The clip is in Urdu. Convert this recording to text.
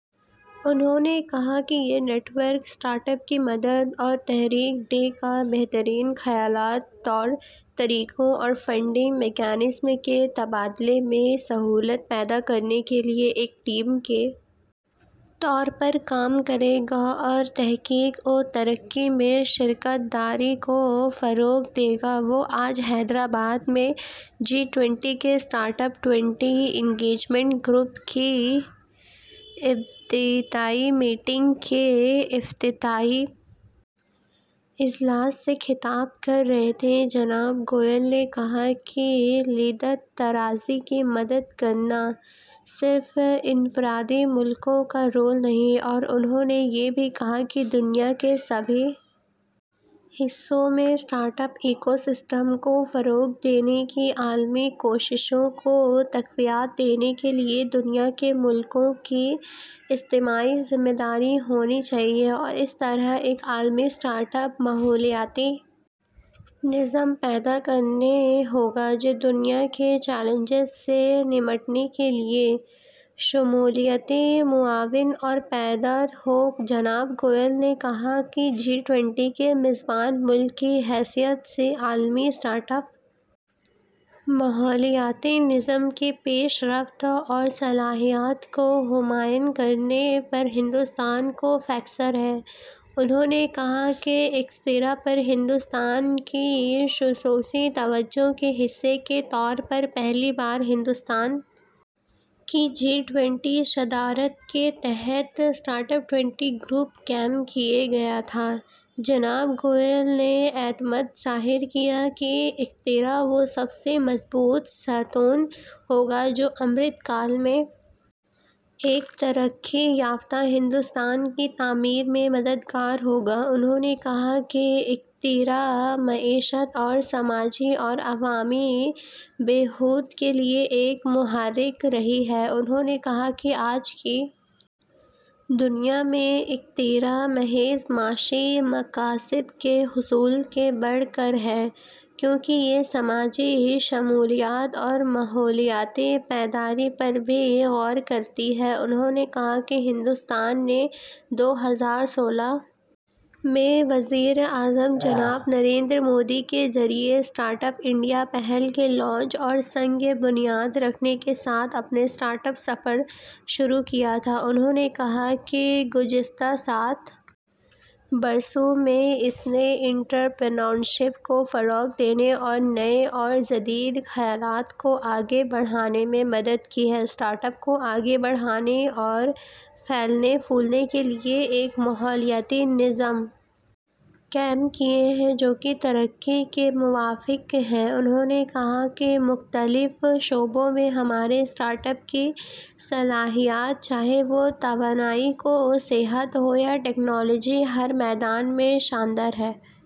انھوں نے کہا کہ یہ نیٹ ورک اسٹارٹ اپ کی مدد اور تحریک دے گا بہترین خیالات طور طریقوں اور فنڈنگ میکانزم کے تبادلے میں سہولت پیدا کرنے کے لیے ایک ٹیم کے طور پر کام کرے گا اور تحقیق و ترقی میں شراکت داری کو فروغ دے گا وہ آج حیدرآباد میں جی ٹوئنٹی کے startup twenty engagement group کی ابتدائی میٹنگ کے افتتاحی اجلاس سے خطاب کر رہے تھے جناب گوئل نے کہا کہ جدت طرازی کی مدد کرنا صرف انفرادی ملکوں کا رول نہیں ہے اور انہوں نے یہ بھی کہا کہ دنیا کے سبھی حصوں میں اسٹارٹ اپ ایکوسسٹم کو فروغ دینے کی عالمی کوششوں کو تقویت دینے کے لیے دنیا کے ملکوں کی اجتماعی ذمہ داری ہونی چاہیے اور اس طرح ایک عالمی اسٹارٹ اپ ماحولیاتی نظام پیدا کرنا ہوگا جو دنیا کے چیلنجوں سے نمٹنے کے لیے شمولیاتی معاون اور پائیدار ہو جناب گوئل نے کہا کہ جی ٹوئنٹی کے میزبان ملک کی حیثیت سے عالمی اسٹارٹ اپ ماحولیاتی نظام کی پیش رفت اور صلاحیت کو نمایاں کرنے پر ہندوستان کو فخر ہے انہوں نے کہا کہ اختراع پر ہندوستان کی خصوصی توجہ کے حصے کے طور پر پہلی بار ہندوستان کی جی ٹوئنٹی صدارت کے تحت اسٹارٹ اپ ٹوئنٹی گروپ قائم کیا گیا تھا جناب گوئل نے اعتماد ظاہر کیا کہ اختراع وہ سب سے مضبوط ستون ہو گا جو امرت کال میں ایک ترقی یافتہ ہندوستان کی تعمیر میں مددگار ہو گا انہوں نے کہا کہ اختراع معیشت اور سماجی اور عوامی بہبود کے لیے ایک محرک رہی ہے انہوں نے کہا کہ آج کی دنیا میں اختراع محض معاشی مقاصد کے حصول سے بڑھ کر ہے کیونکہ یہ سماجی شمولیت اور ماحولیاتی پائیداری پر بھی غور کرتی ہے انہوں نے کہا کہ ہندوستان نے دو ہزار سولہ میں وزیر اعظم جناب نریندر مودی کے ذریعہ اسٹارٹ اپ انڈیا پہل کے لانچ اور سنگ بنیاد رکھنے کے ساتھ اپنا اسٹارٹ اپ سفر شروع کیا تھا انہوں نے کہا کہ گزشتہ سات برسوں میں اس نے انترپرینیورشپ کو فروغ دینے اور نئے اور جدید خیالات کو آگے بڑھانے میں مدد کی ہے اسٹارٹ اپ کو آگے بڑھانے اور پھلنے پھولنے کے لیے ایک ماحولیاتی نظام قائم کیا ہے جو کہ ترقی کے موافق ہے انہوں نے کہا کہ مختلف شعبوں میں ہمارے اسٹارٹ اپ کی صلاحیت چاہے وہ توانائی ہو صحت ہو یا ٹیکنالوجی ہر میدان میں شاندار ہے